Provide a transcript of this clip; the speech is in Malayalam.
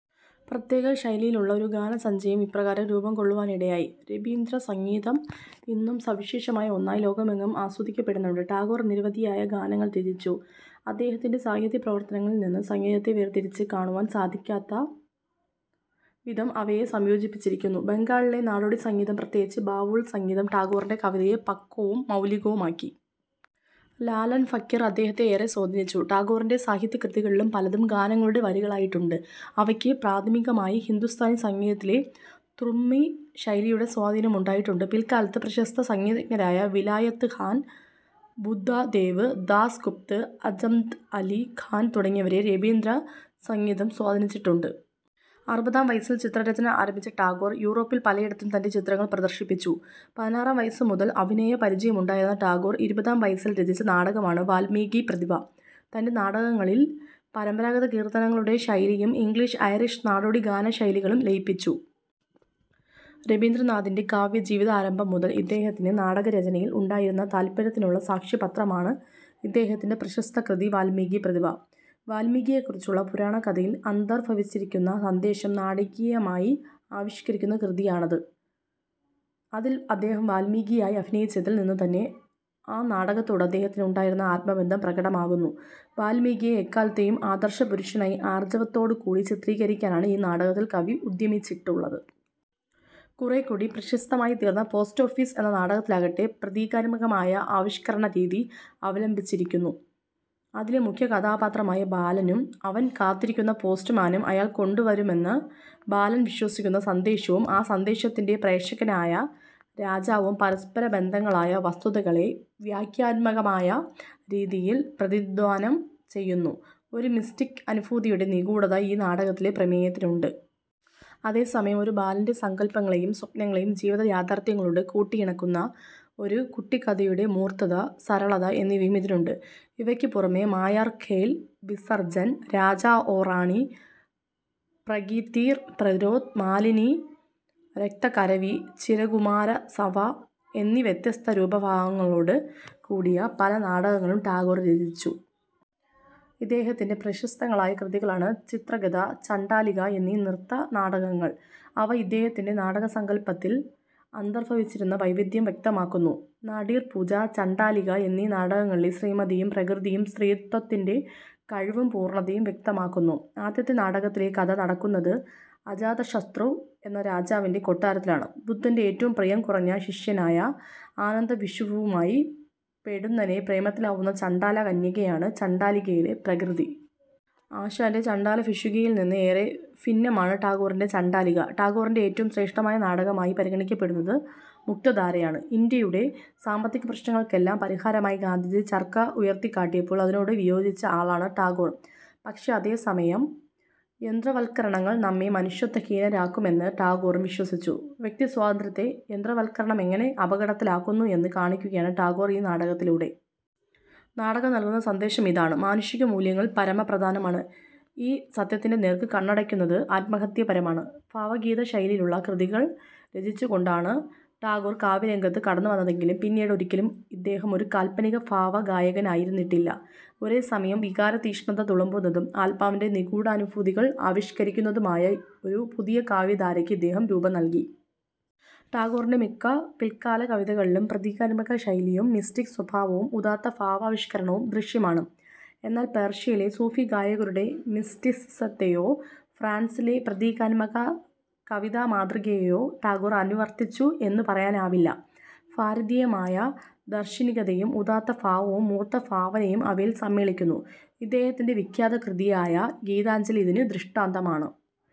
പ്രത്യേക ശൈലിയിലുള്ള ഒരു ഗാനസഞ്ചയം ഇപ്രകാരം രൂപം കൊള്ളുവാനിടയായി. രബീന്ദ്ര സംഗീതം ഇന്നും സവിശേഷമായ ഒന്നായി ലോകമെങ്ങും ആസ്വദിക്കപ്പെടുന്നുണ്ട്. ടാഗോർ നിരവധിയായ ഗാനങ്ങൾ രചിച്ചു. അദ്ദേഹത്തിൻ്റെ സാഹിത്യ പ്രവർത്തനങ്ങളിൽ നിന്ന് സംഗീതത്തെ വേർതിരിച്ചു കാണുവാൻ സാധിക്കാത്ത വിധം അവയെ സംയോജിപ്പിച്ചിരിക്കുന്നു. ബംഗാളിലെ നാടോടി സംഗീതം പ്രത്യേകിച്ച് ബാവുൾ സംഗീതം ടാഗോറിൻ്റെ കവിതയെ പക്വവും മൗലികവുമാക്കി. ലാലൻ ഫക്കീർ അദ്ദേഹത്തെ ഏറെ സ്വാധീനിച്ചു. ടാഗോറിൻ്റെ സാഹിത്യ കൃതികൾളും പലതും ഗാനങ്ങളുടെ വരികളായിട്ടുണ്ട്. അവയ്ക്ക് പ്രാഥമികമായി ഹിന്ദുസ്ഥാനി സംഗീതത്തിലെ തുമ്രി ശൈലിയുടെ സ്വാധീനം ഉണ്ടായിട്ടുണ്ട്. പിൽക്കാലത്ത് പ്രശസ്ത സംഗീതജ്ഞരായ വിലായത്ത് ഖാൻ, ബുദ്ധാദേവ് ദാസ് ഗുപ്ത, അംജദ് അലി ഖാൻ തുടങ്ങിയവരെ രബീന്ദ്ര സംഗീതം സ്വാധീനിച്ചിട്ടുണ്ട്. അറുപതാം വയസ്സിൽ ചിത്രരചന ആരംഭിച്ച ടാഗോർ, യൂറോപ്പിൽ പലയിടത്തും തൻ്റെ ചിത്രങ്ങൾ പ്രദർശിപ്പിച്ചു. പതിനാറാം വയസ്സു മുതൽ അഭിനയ പരിചയമുണ്ടായിരുന്ന ടാഗോർ, ഇരുപതാം വയസ്സിൽ രചിച്ച നാടകമാണ് "വാല്മീകി പ്രതിഭ". തൻ്റെ നാടകങ്ങളിൽ പരമ്പരാഗത കീർത്തനങ്ങളുടെ ശൈലിയും ഇംഗ്ലീഷ് ഐറിഷ് നാടോടി ഗാന ശൈലികളും ലയിപ്പിച്ചു. രബീന്ദ്രനാഥിൻ്റെ കാവ്യജീവിതാരംഭം മുതൽ ഇദ്ദേഹത്തിന് നാടകരചനയിൽ ഉണ്ടായിരുന്ന താല്പര്യത്തിനുള്ള സാക്ഷ്യപത്രമാണ് ഇദ്ദേഹത്തിൻ്റെ പ്രശസ്തകൃതി വാല്മീകി പ്രതിഭ. വാല്മീകിയെക്കുറിച്ചുള്ള പുരാണകഥയിൽ അന്തർഭവിച്ചിരിക്കുന്ന സന്ദേശം നാടകീയമായി ആവിഷ്കരിക്കുന്ന കൃതിയാണത്. അതിൽ അദ്ദേഹം വാല്മീകിയായി അഭിനയിച്ചതിൽ നിന്നുതന്നെ ആ നാടകത്തോട് അദ്ദേഹത്തിന് ഉണ്ടായിരുന്ന ആത്മബന്ധം പ്രകടമാകുന്നു. വാല്മീകിയെ എക്കാലത്തെയും ആദർശപുരുഷനായി ആർജവത്തോടുകൂടി ചിത്രീകരിക്കാനാണ് ഈ നാടകകൾ കവി ഉദ്യമിച്ചിട്ടുള്ളത്. കുറേക്കൂടി പ്രശസ്തമായിത്തീർന്ന പോസ്റ്റ് ഓഫീസ് എന്ന നാടകത്തിലാകട്ടെ, പ്രതീകാത്മകമായ ആവിഷ്കരണരീതി അവലംബിച്ചിരിക്കുന്നു. അതിലെ മുഖ്യകഥാപാത്രമായ ബാലനും അവൻ കാത്തിരിക്കുന്ന പോസ്റ്റുമാനും അയാൾ കൊണ്ടുവരുമെന്ന് ബാലൻ വിശ്വസിക്കുന്ന സന്ദേശവും ആ സന്ദേശത്തിൻ്റെ പ്രേഷകനായ രാജാവും പരസ്പരബദ്ധങ്ങളായ വസ്തുതകളെ വ്യംഗ്യാത്മകമായ രീതിയിൽ പ്രതിനിധാനം ചെയ്യുന്നു. ഒരു മിസ്റ്റിക് അനുഭൂതിയുടെ നിഗൂഢത ഈ നാടകത്തിലെ പ്രമേയത്തിനുണ്ട്. അതേസമയം ഒരു ബാലൻ്റെ സങ്കല്പങ്ങളെയും സ്വപ്നങ്ങളെയും ജീവിത യാഥാർഥ്യങ്ങളോട് കൂട്ടിയിണക്കുന്ന ഒരു കുട്ടിക്കഥയുടെ മൂർത്തത, സരളത എന്നിവയും ഇതിലുണ്ട്. ഇവയ്ക്ക് പുറമേ മായാർ ഖേൽ, വിസർജൻ, രാജാ ഓ റാണി, പ്രകൃതീർ പ്രതിരോധ്, മാലിനി, രക്തകരവി, ചിരകുമാരസഭാ എന്നീ വ്യത്യസ്ത രൂപഭാവങ്ങളോട് കൂടിയ പല നാടകങ്ങളും ടാഗോർ രചിച്ചു. ഇദ്ദേഹത്തിൻ്റെ പ്രശസ്തങ്ങളായ കൃതികളാണ് ചിത്രഗദ, ചണ്ഡാലിക എന്നീ നൃത്തനാടകങ്ങൾ. അവ ഇദ്ദേഹത്തിൻ്റെ നാടകസങ്കല്പത്തിൽ അന്തർഭവിച്ചിരുന്ന വൈവിധ്യം വ്യക്തമാക്കുന്നു. നാടീർപൂജ, ചണ്ഡാലിക എന്നീ നാടകങ്ങളിലെ ശ്രീമതിയും പ്രകൃതിയും സ്ത്രീത്വത്തിൻ്റെ കഴിവും പൂർണതയും വ്യക്തമാക്കുന്നു. ആദ്യത്തെ നാടകത്തിലെ കഥ നടക്കുന്നത് അജാതശത്രു എന്ന രാജാവിൻ്റെ കൊട്ടാരത്തിലാണ്. ബുദ്ധൻ്റെ ഏറ്റവും പ്രിയം കുറഞ്ഞ ശിഷ്യനായ ആനന്ദഭിക്ഷുവുമായി പൊടുന്നനെ പ്രേമത്തിലാവുന്ന ചണ്ഡാലകന്യകയാണ് ചണ്ഡാലികയിലെ പ്രകൃതി. ആശാൻ്റെ ചണ്ഡാലഭിക്ഷുകിയിൽ നിന്ന് ഏറെ ഭിന്നമാണ് ടാഗോറിൻ്റെ ചണ്ഡാലിക. ടാഗോറിൻ്റെ ഏറ്റവും ശ്രേഷ്ഠമായ നാടകമായി പരിഗണിക്കപ്പെടുന്നത് മുക്തധാരയാണ്. ഇന്ത്യയുടെ സാമ്പത്തിക പ്രശ്നങ്ങൾക്കെല്ലാം പരിഹാരമായി ഗാന്ധിജി ചർക്ക ഉയർത്തിക്കാട്ടിയപ്പോൾ അതിനോട് വിയോജിച്ച ആളാണ് ടാഗോർ. പക്ഷേ, അതേസമയം, യന്ത്രവത്കരണങ്ങൾ നമ്മെ മനുഷ്യത്വഹീനരാക്കുമെന്ന് ടാഗോറും വിശ്വസിച്ചു. വ്യക്തിസ്വാതന്ത്ര്യത്തെ യന്ത്രവത്കരണം എങ്ങനെ അപകടത്തിലാക്കുന്നു എന്ന് കാണിക്കുകയാണ് ടാഗോർ ഈ നാടകത്തിലൂടെ. നാടകം നൽകുന്ന സന്ദേശം ഇതാണ്, മാനുഷികമൂല്യങ്ങൾ പരമപ്രധാനമാണ്, ഈ സത്യത്തിൻ്റെ നേർക്ക് കണ്ണടയ്ക്കുന്നത് ആത്മഹത്യാപരമാണ്. ഭാവഗീത ശൈലിയിലുള്ള കൃതികൾ രചിച്ചു കൊണ്ടാണ് ടാഗോർ കാവ്യരംഗത്ത് കടന്നുവന്നതെങ്കിലും പിന്നീട് ഒരിക്കലും ഇദ്ദേഹം ഒരു കാൽപ്പനിക ഫാവഗായകൻ ആയിരുന്നിട്ടില്ല. ഒരേസമയം വികാരതീക്ഷ്ണത തുളുമ്പുന്നതും ആത്മാവിൻ്റെ നിഗൂഢാനുഫൂതികൾ ആവിഷ്കരിക്കുന്നതുമായ ഒരു പുതിയ കാവ്യധാരയ്ക്ക് ഇദ്ദേഹം രൂപം നൽകി. ടാഗോറിൻ്റെ മിക്ക പിൽക്കാല കവിതകളിലും പ്രതീകാത്മക ശൈലിയും മിസ്റ്റിക് സ്വഭാവവും ഉദാത്ത ഫാവാവിഷ്കരണവും ദൃശ്യമാണ്. എന്നാൽ പേർഷ്യയിലെ സൂഫിഗായകരുടെ മിസ്റ്റിസിസത്തെയോ ഫ്രാൻസിലെ പ്രതീകാത്മക കവിതാമാതൃകയെയോ ടാഗോർ അനുവർത്തിച്ചു എന്ന് പറയാനാവില്ല. ഫാരതീയമായ ദർശനികതയും ഉദാത്ത ഫാവവും മൂർത്തഭാവനയും അവയിൽ സമ്മേളിക്കുന്നു. ഇദ്ദേഹത്തിൻ്റെ വിഖ്യാത കൃതിയായ ഗീതാഞ്ജലി ഇതിന് ദൃഷ്ടാന്തമാണ്.